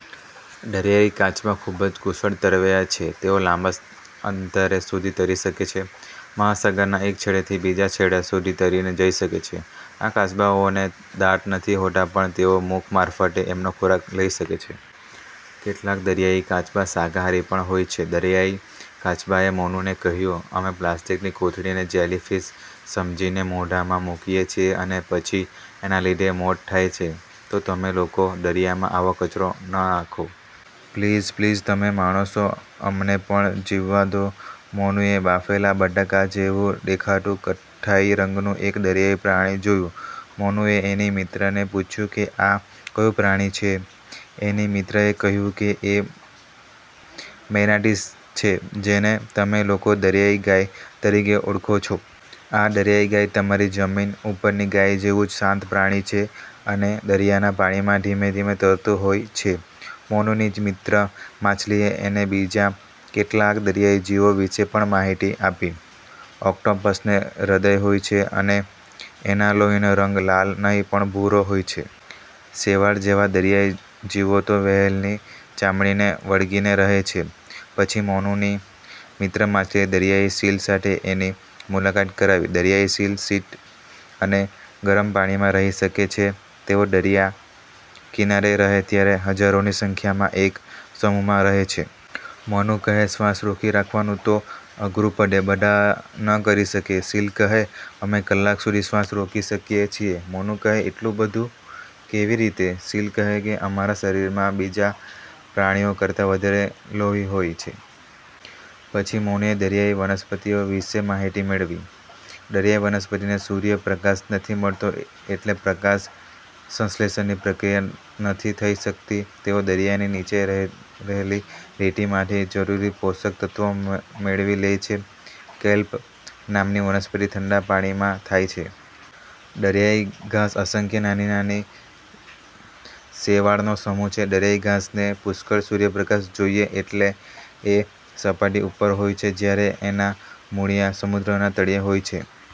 દરિયાઈ કાચબા ખુબ જ કુશળ તરવૈયા છે. તેઓ લાંબા અંતર સુધી તરી શકે છે. મહાસાગરના એક છેડે થી બીજા છેડા સુધી તરીને જઈ શકે છે. આ કાચબાઓને દાંત નથી હોતા પણ તેઓ મુખ મારફતે એમનો ખોરાક લઇ શકે છે. કેટલાક। દરિયાઈ કાચબા શાકાહારી પણ હોય છે! દરિયાઈ કાચબાએ મોનુને કહ્યું, "અમે પ્લાસ્ટીકની કોથળીને જેલી ફીશ સમજીને મોઢામાં મુકીએ છીએ અને પછી એના લીધે મોત થાય છે તો તમે લોકો દરિયામાં આવો કચરો ન નાંખો. પ્લીઝ, પ્લીઝ, તમે માણસો અમને પણ જીવવા દો". મોનુએ બાફેલા બટાકા જેવું દેખાતું કથ્થાઈ રંગનું એક દરિયાઈ પ્રાણી જોયું. મોનુએ એની મિત્રને પૂછ્યું કે આ કયું પ્રાણી છે? એની મિત્રએ કહ્યું કે એ મેનાટીસ છે જેને તમે લોકો દરિયાઈ ગાય તરીકે ઓળખો છો. આ "દરિયાઈ ગાય" તમારી જમીન ઉપરની ગાય જેવું જ શાંત પ્રાણી છે અને દરિયાના પાણીમાં ધીમે ધીમે તરતું હોય છે. મોનુની મિત્ર માછલીએ એને બીજા કેટલાક દરિયાઈ જીવો વિષે પણ માહિતી આપી. ઓક્ટોપસને હૃદય હોય છે અને એના લોહીનો રંગ લાલ નહિ પણ ભૂરો હોય છે! શેવાળ જેવા દરિયાઈ જીવો તો વ્હેલની ચામડીને વળગીને રહે છે! પછી મોનુની મિત્ર માછલીએ દરિયાઈ સીલ સાથે એની મુલાકાત કરાવી. દરિયાઈ સીલ શીત અને ગરમ પાણીમાં રહી શકે છે. તેઓ દરિયા કિનારે રહે ત્યારે હજોરોની સંખ્યામાં એક સમૂહમાં રહે છે. મોનુ કહે, "શ્વાસ રોકી રાખવાનું તો અઘરું પડે. બધા ન કરી શકે". સીલ કહે, "અમે કલાક સુધી શ્વાસ રોકી શકીએ છીએ". મોનુ કહે, "એટલું બધું? કેવી રીતે? ". સીલ કહે કે, "અમારા શરીરમાં બીજા પ્રાણીઓ કરતાં વધારે લોહી હોય છે. પછી મોનુએ દરિયાઈ વનસ્પતિઓ વિષે માહિતી મેળવી. દરિયાઈ વનસ્પતિને સૂર્ય પ્રકાશ નથી મળતો એટલે પ્રકાશ સંશ્લેષણની પ્રક્રિયા નથી થઇ શકતી. તેઓ દરિયાની નીચે રહેલી રેતીમાંથી જરૂરી પોષક તત્વો મેળવી લે છે. કેલ્પ નામની વનસ્પતિ ઠંડા પાણીમાં થાય છે. દરિયાઈ ઘાસ અસંખ્ય નાની નાની શેવાળનો સમૂહ છે. દરિયાઈ ઘાસને પુષ્કળ સૂર્ય પ્રકાશ જોઈએ એટલે એ સપાટી ઉપર હોય છે જયારે એના મૂળિયાં સમુદ્રના તળિયે હોય છે.